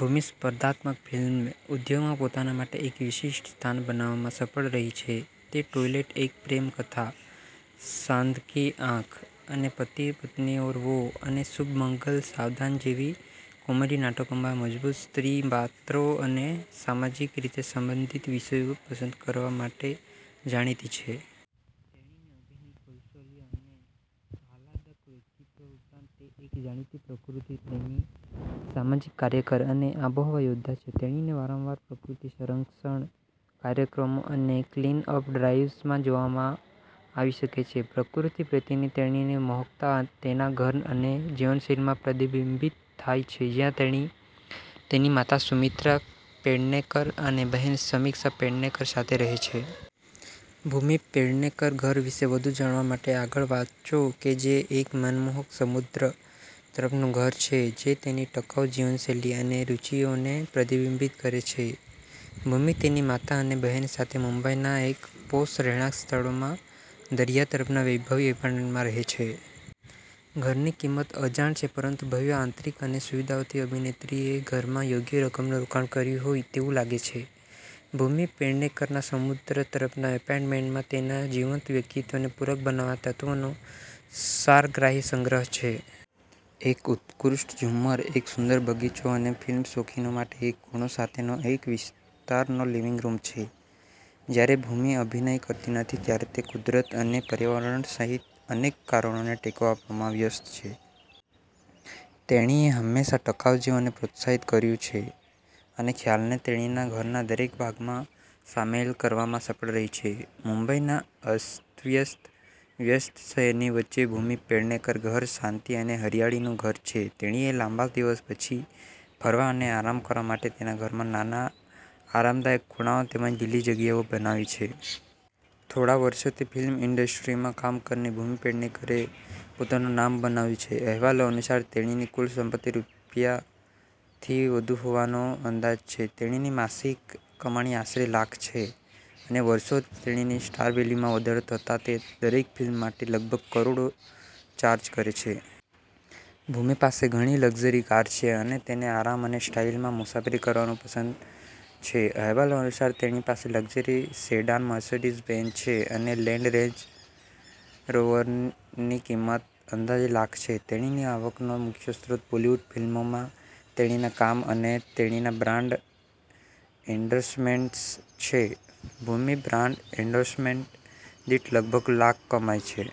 ભૂમિ સ્પર્ધાત્મક ફિલ્મ ઉદ્યોગમાં પોતાના માટે એક વિશિષ્ટ સ્થાન બનાવવામાં સફળ રહી છે. તે ટોયલેટ એક પ્રેમ કથા, સાંદ કી આંખ અને પતિ પત્ની ઔર વો અને શુભ મંગલ સાવધાન જેવી કોમેડી નાટકોમાં મજબૂત સ્ત્રી પાત્રો અને સામાજિક રીતે સંબંધિત વિષયો પસંદ કરવા માટે જાણીતી છે. તેણીની અભિનય કૌશલ્ય અને આહલાદક વ્યક્તિત્વ ઉપરાંત, તે એક જાણીતી પ્રકૃતિ પ્રેમી, સામાજિક કાર્યકર અને આબોહવા યોદ્ધા છે. તેણીને વારંવાર પ્રકૃતિ સંરક્ષણ કાર્યક્રમો અને ક્લીન-અપ ડ્રાઇવ્સમાં જોવામાં આવી શકે છે. પ્રકૃતિ પ્રત્યેની તેણીની મોહકતા તેના ઘર અને જીવનશૈલીમાં પ્રતિબિંબિત થાય છે, જ્યાં તેણી તેની માતા સુમિત્રા પેડનેકર અને બહેન સમિક્ષા પેડનેકર સાથે રહે છે. ભૂમિ પેડનેકર ઘર વિશે વધુ જાણવા માટે આગળ વાંચો કે જે એક મનમોહક સમુદ્ર તરફનું ઘર છે જે તેની ટકાઉ જીવનશૈલી અને રુચિઓને પ્રતિબિંબિત કરે છે. ભૂમિ તેની માતા અને બહેન સાથે મુંબઈના એક પોશ રહેણાંક સ્થળોમાં દરિયા તરફના વૈભવી એપાર્ટમેન્ટમાં રહે છે. ઘરની કિંમત અજાણ છે પરંતુ ભવ્ય આંતરિક અને સુવિધાઓથી અભિનેત્રીએ ઘરમાં યોગ્ય રકમનું રોકાણ કર્યું હોય તેવું લાગે છે. ભૂમિ પેડનેકરના સમુદ્ર તરફના એપાર્ટમેન્ટમાં તેના જીવંત વ્યક્તિત્વને પૂરક બનાવવા તત્વોનો સારગ્રાહી સંગ્રહ છે. એક ઉત્કૃષ્ટ ઝુમ્મર, એક સુંદર બગીચો અને ફિલ્મ શોખીનો માટે એક ખૂણો સાથેનો એક વિસ્તરતો લિવિંગ રૂમ છે. જ્યારે ભૂમિ અભિનય કરતી નથી, ત્યારે તે કુદરત અને પર્યાવરણ સહિત અનેક કારણોને ટેકો આપવામાં વ્યસ્ત છે. તેણીએ હંમેશા ટકાઉ જીવનને પ્રોત્સાહિત કર્યું છે અને ખ્યાલને તેણીના ઘરના દરેક ભાગમાં સામેલ કરવામાં સફળ રહી છે. મુંબઈના અસ્તવ્યસ્ત, વ્યસ્ત શહેરની વચ્ચે ભૂમિ પેડનેકર ઘર શાંતિ અને હરિયાળીનું ઘર છે. તેણીએ લાંબા દિવસ પછી ફરવા અને આરામ કરવા માટે તેના ઘરમાં નાના, આરામદાયક ખૂણાઓ તેમજ લીલી જગ્યાઓ બનાવી છે. થોડાં વર્ષોથી ફિલ્મ ઈન્ડસ્ટ્રીમાં કામ કરીને ભૂમિ પેડનેકરે પોતાનું નામ બનાવ્યું છે. અહેવાલો અનુસાર, તેણીની કુલ સંપત્તિ રૂ. થી વધુ હોવાનો અંદાજ છે. તેણીની માસિક કમાણી આશરે લાખ છે અને વર્ષોથી તેણીની સ્ટાર વેલ્યુમાં વધારો થતાં તે દરેક ફિલ્મ માટે લગભગ કરોડ ચાર્જ કરે છે. ભૂમિ પાસે ઘણી લક્ઝરી કાર છે અને તેને આરામ અને સ્ટાઇલમાં મુસાફરી કરવાનું પસંદ છે. અહેવાલો અનુસાર, તેણી પાસે લક્ઝરી સેડાન મર્સિડીઝ બેન્ઝ છે અને લેન્ડ રેન્જ રોવરની કિંમત અંદાજે લાખ છે. તેણીની આવકનો મુખ્ય સ્ત્રોત બોલિવૂડ ફિલ્મોમાં તેણીના કામ અને તેણીના બ્રાન્ડ એન્ડોર્સમેન્ટ્સ છે. ભૂમિ બ્રાન્ડ એન્ડોર્સમેન્ટ દીઠ લગભગ લાખ કમાય છે.